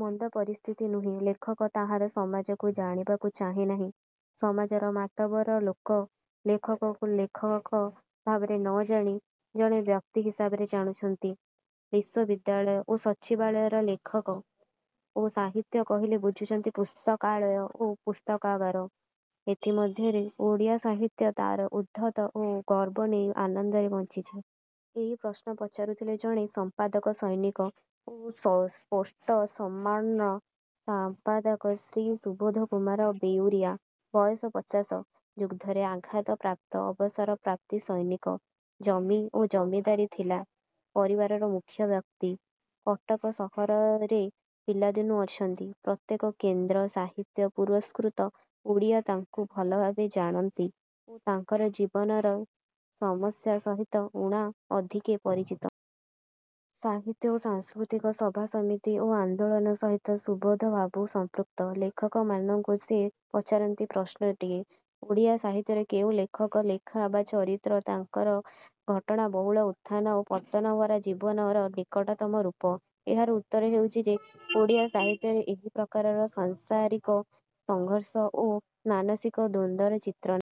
ମନ୍ଦ ପରିସ୍ଥିତି ନୁହେଁ। ଲେଖକ ତାହାର ସମାଜକୁ ଜାଣିବାକୁ ଚାହେଁ ନାହିଁ। ସମାଜର ମାତବର ଲୋକ ଲେଖକକୁ ଲେଖକ ଭାବରେ ନ ଜାଣି ଜଣେ ବ୍ୟକ୍ତି ହିସାବରେ ଜାଣୁଛନ୍ତି। ବିଶ୍ୱବିଦ୍ୟାଳୟ ଓ ସଚିବାଳୟ ଲେଖକ ଓ ସାହିତ୍ୟ କହିଲେ ବୁଝୁଛନ୍ତି ପୁସ୍ତକାଳୟ ଓ ପୁସ୍ତକାଗାର। ଏଥି ମଧ୍ୟରେ ଓଡ଼ିଆ ସାହିତ୍ୟ ତା'ର ଉଦ୍ଧତ ଓ ଗର୍ବ ନେଇ ଆନନ୍ଦରେ ବଞ୍ଚିଛି। ଏଇ ପ୍ରଶ୍ନ ପଚାରୁଥିଲେ ଜଣେ ସମ୍ପାଦକ ସୈନିକ ଓ ସ୍ପୋଟସମାନ୍ର ସମ୍ପାଦକ ଶ୍ରୀ ସୁବୋଧ କୁମାର ବେଉରିଆ। ବୟସ ପଚାଶ। ଯୁଦ୍ଧରେ ଆଘାତ ପ୍ରାପ୍ତ–ଅବସର ପ୍ରାପ୍ତି ସୈନିକ। ଜମି ଓ ଜମିଦାରୀ ଥିଲା। ପରିବାରର ମୁଖ୍ୟ ବ୍ୟକ୍ତି। କଟକ ସହରରେ ପିଲାଦିନୁ ଅଛନ୍ତି। ପ୍ରତ୍ୟେକ କେନ୍ଦ୍ର–ସାହିତ୍ୟ–ପୁରସ୍କୃତ ଓଡ଼ିଆ ତାଙ୍କୁ ଭଲ ଭାବରେ ଜାଣନ୍ତି ଓ ତାଙ୍କର ଜୀବନରେ ସମସ୍ୟା ସହିତ ଊଣା ଅଧିକେ ପରିଚିତ। ସାହିତ୍ୟ ଓ ସାଂସ୍କୃତିକ ସଭାସମିତି ଓ ଆନ୍ଦୋଳନ ସହିତ ସୁବୋଧବାବୁ ସମ୍ପୃକ୍ତ। ଲେଖକମାନଙ୍କୁ ସେ ପଚାରନ୍ତି ପ୍ରଶ୍ନଟିଏ–ଓଡ଼ିଆ ସାହିତ୍ୟରେ କେଉଁ ଲେଖକ, ଲେଖା ବା ଚରିତ୍ର ତାଙ୍କର ଘଟଣା ବହୁଳ ଉତ୍ଥାନ ଓ ପତନଭରା ଜୀବନର ନିକଟତମ ରୂପ? ଏହାର ଉତ୍ତର ହେଉଛି ଯେ ଓଡ଼ିଆ ସାହିତ୍ୟରେ ଏହିପ୍ରକାରର ସାଂସାରିକ ସଘର୍ଷ ଓ ମାନସିକ ଦ୍ୱନ୍ଦର ଚିତ୍ର ନାହିଁ।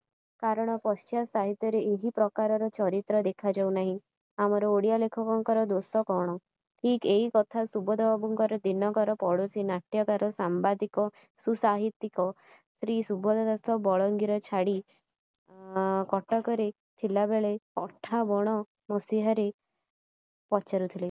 କାରଣ ପାଶ୍ଚାତ୍ୟ ସାହିତ୍ୟରେ ଏହି ପ୍ରକାରର ଚରିତ୍ର ଦେଖାଯାଉ ନାହିଁ। ଆମର ଓଡ଼ିଆ ଲେଖକଙ୍କର ଦୋଷ କ'ଣ? ଠିକ୍ ଏଇ କଥା ସୁବୋଧ ବାବୁଙ୍କର ଦିନକର ପଡ଼ୋଶୀ ନାଟ୍ୟକାର, ସମ୍ବାଦିକ ଓ ସୁସାହିତ୍ୟିକ ଶ୍ରୀ ସୁବୋଧ ଦାସ ବଲଙ୍ଗୀର ଛାଡ଼ି କଟକରେ ଥିଲାବେଳେ ଅଠାବନ ମସିହାରେ ପଚାରୁଥିଲେ।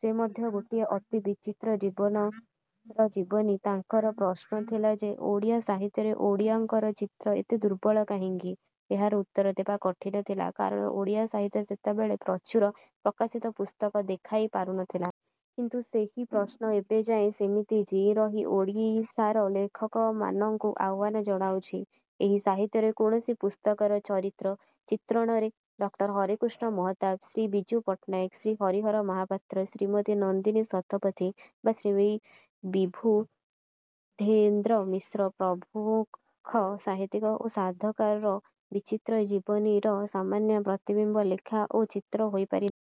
ସେ ମଧ୍ୟ ଗୋଟିଏ ଅତି ବିଚିତ୍ର ଜୀବନର ଜୀବନୀ। ତାଙ୍କର ପ୍ରଶ୍ନ ଥିଲା ଯେ ଓଡ଼ିଆ ସାହିତ୍ୟରେ ଓଡ଼ିଆଙ୍କର ଚିତ୍ର ଏତେ ଦୂର୍ବଳ କାହିଁକି? ଏହାର ଉତ୍ତର ଦେବା କଠିନ ଥିଲା। କାରଣ ଓଡ଼ିଆ ସାହିତ୍ୟ ସେତେବେଳେ ପ୍ରଚୁର ପ୍ରକାଶିତ ପୁସ୍ତକ ଦେଖାଇ ପାରୁ ନ ଥିଲା। କିନ୍ତୁ ସେହି ପ୍ରଶ୍ନ ଏବେଯାଏ ସେମିତି ଜୀଇଁରହି ଓଡ଼ିଶାର ଲେଖକମାନଙ୍କୁ ଆହ୍ୱାନ ଜଣାଉଛି। ଏହି ସାହିତ୍ୟରେ କୌଣସି ପୁସ୍ତକର ଚରିତ୍ର ଚିନ୍ତ୍ରଣରେ ଡକ୍ଟର ହରେକୃଷ୍ଣ ମହତାବ, ଶ୍ରୀ ବିଜୁ ପଟ୍ଟନାୟକ, ଶ୍ରୀ ହରିହର ମହାପାତ୍ର, ଶ୍ରୀମତୀ ନନ୍ଦିନୀ ଶତପଥୀ ବା ଶ୍ରୀ ବିବୁଧେନ୍ଦ୍ର ମିଶ୍ର ପ୍ରମୁଖ ସାହିତ୍ୟିକ ଓ ସାଧକର ବିଚିତ୍ର ଜୀବନୀର ସାମାନ୍ୟ ପ୍ରତିବିମ୍ବ ଲେଖା ଓ ଚିତ୍ର ହୋଇ ପାରି ନାହିଁ।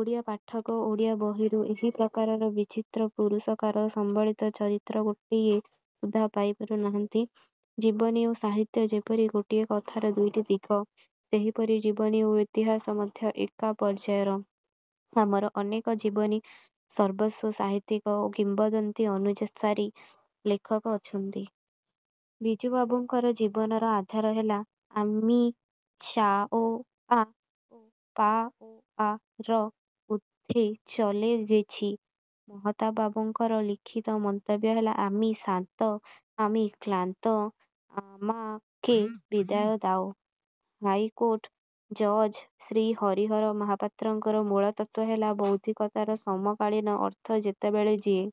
ଓଡ଼ିଆ ପାଠକ ଓଡ଼ିଆ ବହିରୁ ଏହି ପ୍ରକାରର ବିଚିତ୍ର ପୁରୁଷକାର ସମ୍ବଳିତ ଚରିତ୍ର ଗୋଟିଏ ସୁଦ୍ଧା ପାଇପାରୁ ନାହିଁ। ଜୀବନୀ ଓ ସାହିତ୍ୟ ଯେପରି ଗୋଟିଏ କଥାର ଦୁଇଟି ଦିଗ ସେହିପରି ଜୀବନୀ ଓ ଇତିହାସ ମଧ୍ୟ ଏକା ପର୍ଯ୍ୟାୟର। ଆମର ଅନେକ ଜୀବନୀ–ସର୍ବସ୍ୱ ସାହିତ୍ୟିକ ଓ କିମ୍ବଦନ୍ତୀ–ଅନୁସାରୀ ଲେଖକ ଅଛନ୍ତି। ବିଜୁବାବୁଙ୍କର ଜୀବନର ଆଧାର ହେଲା–ଆମି ଚାଓଆ ଓ ପାଓଆର ଊର୍ଦ୍ଧ୍ୱେ ଚଲେଗେଛି। ମହତାବବାବୁଙ୍କର ଲିଖିତ ମନ୍ତବ୍ୟ ହେଲା–ଆମି ଶ୍ରାନ୍ତ, ଆମି କ୍ଳାନ୍ତ, ଆମାକେ ବିଦାୟ ଦାଓ। ହାଇକୋଟ ଜଜ୍ ଶ୍ରୀ ହରିହର ମହାପାତ୍ରଙ୍କର ମୂଳତତ୍ତ୍ୱ ହେଲା–ବୌଦ୍ଧିକତାର ସମକାଳୀନ ଅର୍ଥ ଯେତେବେଳେ ଯିଏ।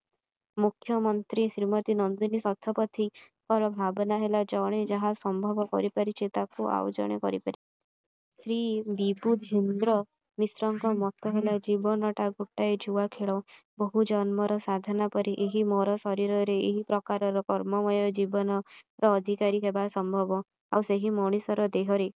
ମୁଖ୍ୟମନ୍ତ୍ରୀ ଶ୍ରୀମତୀ ନନ୍ଦିନୀ ଶତପଥୀଙ୍କର ଭାବନା ହେଲା–ଜଣେ ଯାହା ସମ୍ଭବ କରିପାରିଛି ତା'କୁ ଆଉ ଜଣେ କରିପାରିବ। ଶ୍ରୀ ବିବୁଧେନ୍ଦ୍ର ମିଶ୍ରଙ୍କର ମତ ହେଲା–ଜୀବନଟା ଗୋଟାଏ ଜୁଆଖେଳ। ବହୁ ଜନ୍ମର ସାଧନା ପରେ ଏହି ମର ଶରୀରରେ ଏହି ପ୍ରକାରର କର୍ମମୟ ଜୀବନର ଅଧିକାରୀ ହେବା ସମ୍ଭବ। ଆଉ ସେହି ମଣିଷ ଦେହରେ